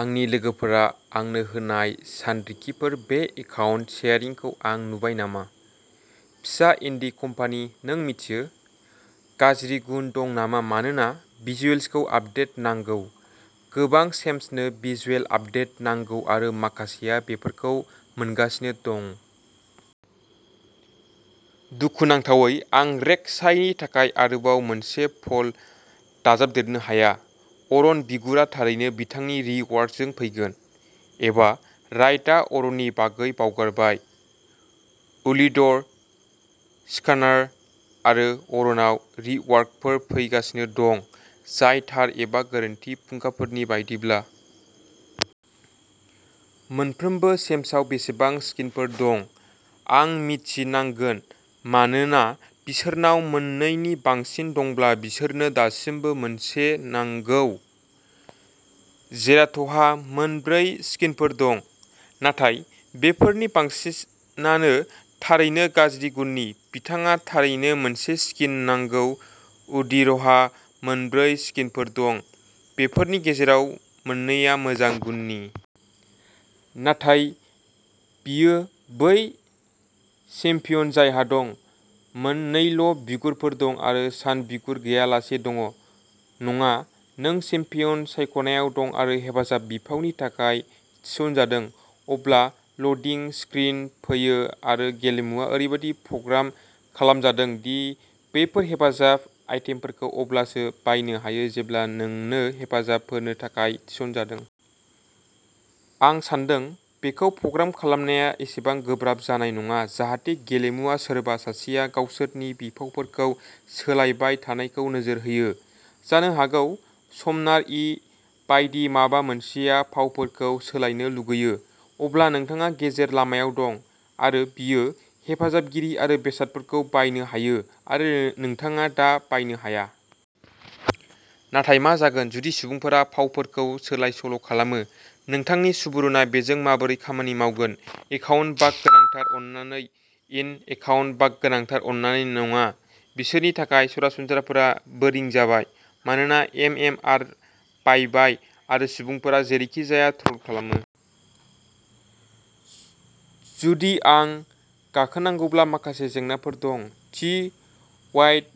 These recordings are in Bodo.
आंनि लोगोफोरा आंनो होनाय सानरिखिफोर बे एकाउन्ट सेयारिंखौ आं नुबाय नामा? फिसा इन्डी कम्पानि, नों मिथियो? गाज्रि गुन दं नामा मानोना भिजुयाल्सखौ आपदेट नांगौ। गोबां चेम्प्सनो भिजुअल आपदेट नांगौ आरो माखासेआ बेफोरखौ मोनगासिनो दं। दुखुनांथावै आं रेक-साइनि थाखाय आरोबाव मोनसे प'ल दाजाबदेरनो हाया। अरन बिगुरा थारैनो बिथांनि रि-वर्कजों फैगोन। एबा रायटआ अरननि बागै बावगारबाय। उल्डिर, स्किर्नार आरो अरनाव रि-वर्कफोर फैगासिनो दं जाय थार एबा गोरोन्थि फुंखाफोरनि बायदिब्ला। मोनफ्रोमबो चेम्पनाव बेसेबां स्किनफोर दं? आं मिन्थिनांगोन मानोना बिसोरनाव मोन नै नि बांसिन दंब्ला बिसोरनो दासिमबो मोनसे नांगौ। जेराथहा मोन ब्रै स्किनफोर दं, नाथाय बेफोरनि बांसिनानो थारैनो गाज्रि गुननि, बिथाङा थारैनो मोनसे स्किन नांगौ उदिरहा मोन ब्रै स्किनफोर दं, बेफोरनि गेजेराव मोन नै आ मोजां गुननि। नाथाय बियो बै चेम्पियन जायहा दं। मोन नैल' बिगुरफोर दं आरो सान बिगुर गैयालासे दं। नङा, नों चेम्पियन सायख'नायाव दं आरो हेफाजाब बिफावनि थाखाय थिसनजादों, अब्ला ल'डिं स्क्रिन फैयो आरो गेलेमुआ ओरैबादि प्रग्राम खालामजादों दि बेफोर हेफाजाब आइटेमफोरखौ अब्लासो बायनो हायो जेब्ला नोंनो हेफाजाब होनो थाखाय थिसनजादों। आं सान्दों बेखौ प्रग्राम खालामनाया एसेबां गोब्राब जानाय नङा जाहाथे गेलेमुआ सोरबा सासेआ गावसोरनि बिफावफोरखौ सोलायबाय थानायखौ नोजोर होयो। जानो हागौ समनार ए बायदि माबा मोनसेआ फावफोरखौ सोलायनो लुगैयो। अब्ला नोंथाङा गेजेर लामायाव दं आरो बियो हेफाजाबगिरि आरो बेसादफोरखौ बायनो हायो आरो नोंथाङा दा बायनो हाया। नाथाय मा जागोन जुदि सुबुंफोरा फावफोरखौ सोलाय-सोल' खालामो, नोंथांनि सुबुरुनआ बेजों माबोरै खामानि मावगोन? एकाउन्ट बाग गोनांथार अन्नानै इन एकाउन्ट बाग गोनांथार अन्नानै नङा, बिसोरनि थाखाय सरासनस्राफोरा बोरिं जाबाय, मानोना एम एम आरआ बायबाय आरो सुबुंफोरा जेरैखि जाया ट्र'ल खालामो। जुदि आं गाखोनांगौब्ला माखासे जेंनाफोर दं, थि व्हाइट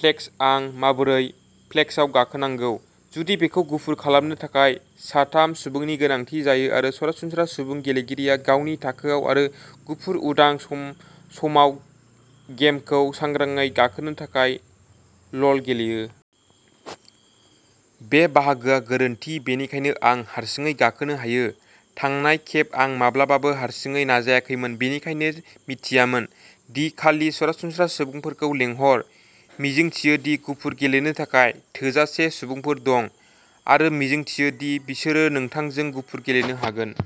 फ्लेक्स आं माबोरै फ्लेक्सआव गाखोनांगौ, जुदि बेखौ गुफुर खालामनो थाखाय सा थाम सुबुंनि गोनांथि जायो आरो सरासनस्रा सुबुं गेलेगिरिया गावनि थाखोआव आरो गुफुर उदां सम समाव गेमखौ सांग्रांयै गाखोनो थाखाय ल'ल गेलेयो। बे बाहागोआ गोरोन्थि बेनिखायनो आं हारसिङै गाखोनो हायो, थांनाय खेब आं माब्लाबाबो हारसिङै नाजायाखैमोन बेनिखायनो मिथियामोन दि खालि सरासनस्रा सुबुंफोरखौ लिंहर, मिजिंथियो दि गुफुर गेलेनो थाखाय थोजासे सुबुंफोर दं। आरो मिजिंथियो दि बिसोरो नोंथांजों गुफुर गेलेनो हागोन।